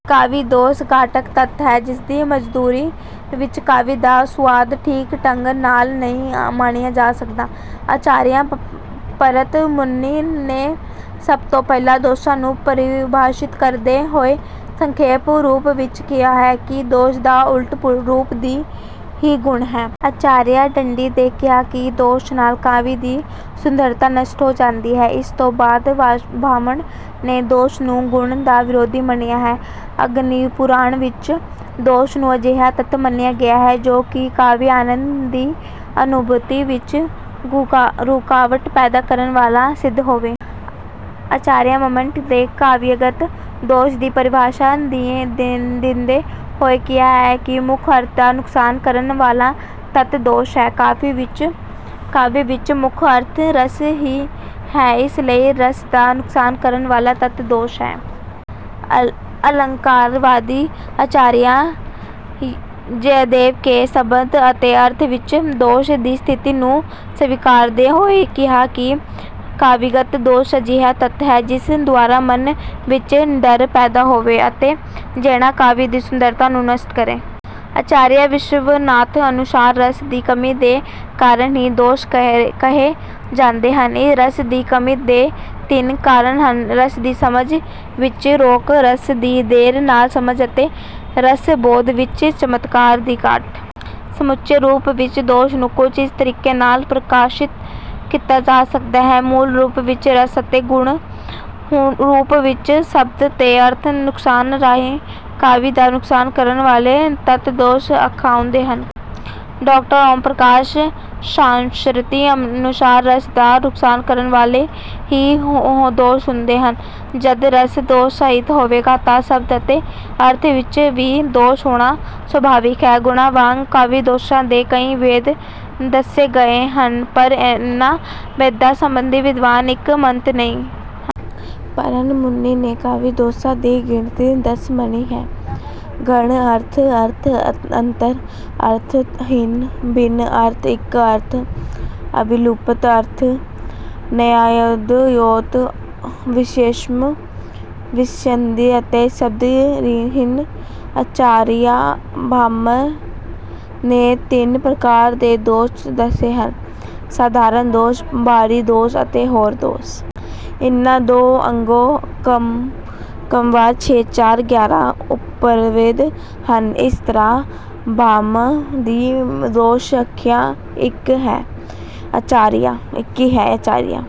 ਕਾਵਿ ਦੋਸ਼ ਉਹ ਘਾਤਕ ਤੱਤ ਹੈ ਜਿਸਦੀ ਮੌਜੂਦਗੀ ਵਿੱਚ ਕਾਵਿ ਦਾ ਸੁਆਦ ਠੀਕ ਢੰਗ ਨਾਲ ਨਹੀਂ ਮਾਣਿਆ ਜਾ ਸਕਦਾ। ਆਚਾਰੀਆ ਭਰਤ ਮੁਨੀ ਨੇ ਸਭ ਤੋਂ ਪਹਿਲਾਂ ਦੋਸ਼ਾਂ ਨੂੰ ਪਰਿਭਾਸ਼ਿਤ ਕਰਦੇ ਹੋਏ ਸੰਖੇਪ ਰੂਪ ਵਿੱਚ ਕਿਹਾ ਹੈ ਕਿ ਦੋਸ਼ ਦਾ ਉਲਟ ਰੂਪ ਹੀ ਗੁਣ ਹੈ। ਆਚਾਰੀਆ ਦੰਡੀ ਨੇ ਕਿਹਾ ਕਿ ਦੋਸ਼ ਨਾਲ ਕਾਵਿ ਦੀ ਸੁੰਦਰਤਾ ਨਸ਼ਟ ਹੋ ਜਾਂਦੀ ਹੈ। ਇਸ ਤੋਂ ਬਾਅਦ ਵਾਮਨ ਨੇ ਦੋਸ਼ ਨੂੰ ਗੁਣ ਦਾ ਵਿਰੋਧੀ ਮੰਨਿਆ ਹੈ। ਅਗਨੀਪੁਰਾਣ ਵਿੱਚ ਦੋਸ਼ ਨੂੰ ਅਜਿਹਾ ਤੱਤ ਮੰਨਿਆ ਗਿਆ ਹੈ ਜੋ ਕਾਵਿ-ਆਨੰਦ ਦੀ ਅਨੁਭੂਤੀ ਵਿੱਚ ਰੁਕਾਵਟ ਪੈਦਾ ਕਰਨ ਵਾਲਾ ਸਿੱਧ ਹੋਵੇ। ਆਚਾਰੀਆ ਮੰਮਟ ਨੇ ਕਾਵਿਗਤ ਦੋਸ਼ ਦੀ ਪਰਿਭਾਸ਼ਾ ਦਿੰਦੇ ਹੋਏ ਕਿਹਾ ਹੈ ਕਿ ਮੁੱਖ ਅਰਥ ਦਾ ਨੁਕਸਾਨ ਕਰਨ ਵਾਲਾ ਤੱਤ 'ਦੋਸ਼' ਹੈ। ਕਾਵਿ ਵਿੱਚ ਮੁੱਖ-ਅਰਥ ਰਸ ਹੀ ਹੈ, ਇਸ ਲਈ ਰਸ ਦਾ ਨੁਕਸਾਨ ਕਰਨ ਵਾਲਾ ਤੱਤ ਦੋਸ਼ ਹੈ। ਅਲੰਕਾਰਵਾਦੀ ਆਚਾਰੀਆ ਜਯਦੇਵ ਨੇ ਸ਼ਬਦ ਅਤੇ ਅਰਥ ਵਿੱਚ ਦੋਸ਼ ਦੀ ਸਥਿਤੀ ਨੂੰ ਸਵੀਕਾਰਦੇ ਹੋਏ ਕਿਹਾ ਹੈ ਕਿ ਕਾਵਿਗਤ ਦੋਸ਼ ਅਜਿਹਾ ਤੱਤ ਹੈ ਜਿਸ ਦੁਆਰਾ ਮਨ ਵਿੱਚ ਡਰ ਪੈਦਾ ਹੋਵੇ ਅਤੇ ਜਿਹੜਾ ਕਾਵਿ ਦੀ ਸੁੰਦਰਤਾ ਨੂੰ ਨਸ਼ਟ ਕਰੇ। ਆਚਾਰੀਆ ਵਿਸ਼ਵਨਾਥ ਅਨੁਸਾਰ ਰਸ ਦੀ ਕਮੀ ਦੇ ਕਾਰਨ ਹੀ ਦੋਸ਼ ਕਹੇ ਜਾਂਦੇ ਹਨ। ਰਸ ਦੀ ਕਮੀ ਦੇ ਤਿੰਨ ਕਾਰਨ ਹਨ– ਰਸ ਦੀ ਸਮਝ ਵਿੱਚ ਰੋਕ, ਰਸ ਦੀ ਦੇਰ ਨਾਲ ਸਮਝ ਅਤੇ ਰਸ-ਬੋਧ ਵਿੱਚ ਚਮਤਕਾਰ ਦੀ ਘਾਟ। ਸਮੁੱਚੇ ਰੂਪ ਵਿੱਚ ਦੋਸ਼ ਨੂੰ ਕੁੱਝ ਇਸ ਤਰੀਕੇ ਨਾਲ ਪਰਿਭਾਸ਼ਿਤ ਕੀਤਾ ਜਾ ਸਕਦਾ ਹੈ- ਮੂਲ ਰੂਪ ਵਿੱਚ ਰਸ ਅਤੇ ਗੌਣ ਰੂਪ ਵਿੱਚ ਸ਼ਬਦ ਤੇ ਅਰਥ ਦੇ ਨੁਕਸਾਨ ਰਾਹੀਂ ਕਾਵਿ ਦਾ ਨੁਕਸਾਨ ਕਰਨ ਵਾਲੇ ਤੱਤ ਦੋਸ਼ ਅਖਵਾਉਂਦੇ ਹਨ। ਡਾਕਟਰ ਓਮ ਪ੍ਰਕਾਸ਼ ਸ਼ਾਸਤ੍ਰੀ ਅਨੁਸਾਰ, "ਰਸ ਦਾ ਨੁਕਸਾਨ ਕਰਨ ਵਾਲੇ ਹੀ ਦੋਸ਼ ਹੁੰਦੇ ਹਨ, ਜਦ ਰਸ ਦੋਸ਼ ਸਹਿਤ ਹੋਵੇਗਾ ਤਾਂ ਸ਼ਬਦ ਅਤੇ ਅਰਥ ਵਿੱਚ ਵੀ ਦੋਸ਼ ਹੋਣਾ ਸੁਭਾਵਿਕ ਹੈ"। ਗੁਣਾਂ ਵਾਂਗ ਕਾਵਿ-ਦੋਸ਼ਾਂ ਦੇ ਕਈ ਭੇਦ ਦੱਸੇ ਗਏ ਹਨ, ਪਰ ਇਨ੍ਹਾਂ ਭੇਦਾਂ ਸਬੰਧੀ ਵਿਦਵਾਨ ਇੱਕ ਮਤ ਨਹੀਂ ਹਨ। ਭਰਤ ਮੁਨੀ ਨੇ ਕਾਵਿ ਦੋਸ਼ਾਂ ਦੀ ਗਿਣਤੀ ਦਸ ਮੰਨੀ ਹੈ- ਗੂੜ੍ਹ ਅਰਥ, ਅਰਥ ਅੰਤਰ, ਅਰਥ-ਹੀਨ, ਭਿੰਨ-ਅਰਥ, ਇੱਕ-ਅਰਥ, ਅਭਿਲੁਪਤ-ਅਰਥ, ਨਯਾਯਾਦਯੇਤ, ਵਿਸ਼ਮ, ਵਿਸੰਧਿ ਅਤੇ ਸ਼ਬਦ-ਹੀਨ। ਆਚਾਰੀਆ ਭਾਮਹ ਨੇ ਤਿੰਨ ਪ੍ਰਕਾਰ ਦੇ ਦੋਸ਼ ਦੱਸੇ ਹਨ- ਸਾਧਾਰਨ ਦੋਸ਼, ਬਾਣੀ ਦੋਸ਼ ਅਤੇ ਹੋਰ ਦੋਸ਼। ਇਨ੍ਹਾਂ ਦੇ ਅੱਗੋਂ ਕ੍ਰਮਵਾਰ ਛੇ, ਚਾਰ, ਗਿਆਰਾਂ ਉਪਭੇਦ ਹਨ। ਇਸ ਤਰ੍ਹਾਂ ਭਾਮਹ ਦੀ ਦੋਸ਼ ਸੰਖਿਆ ਇੱਕੀ ਹੈ। ਆਚਾਰੀਆ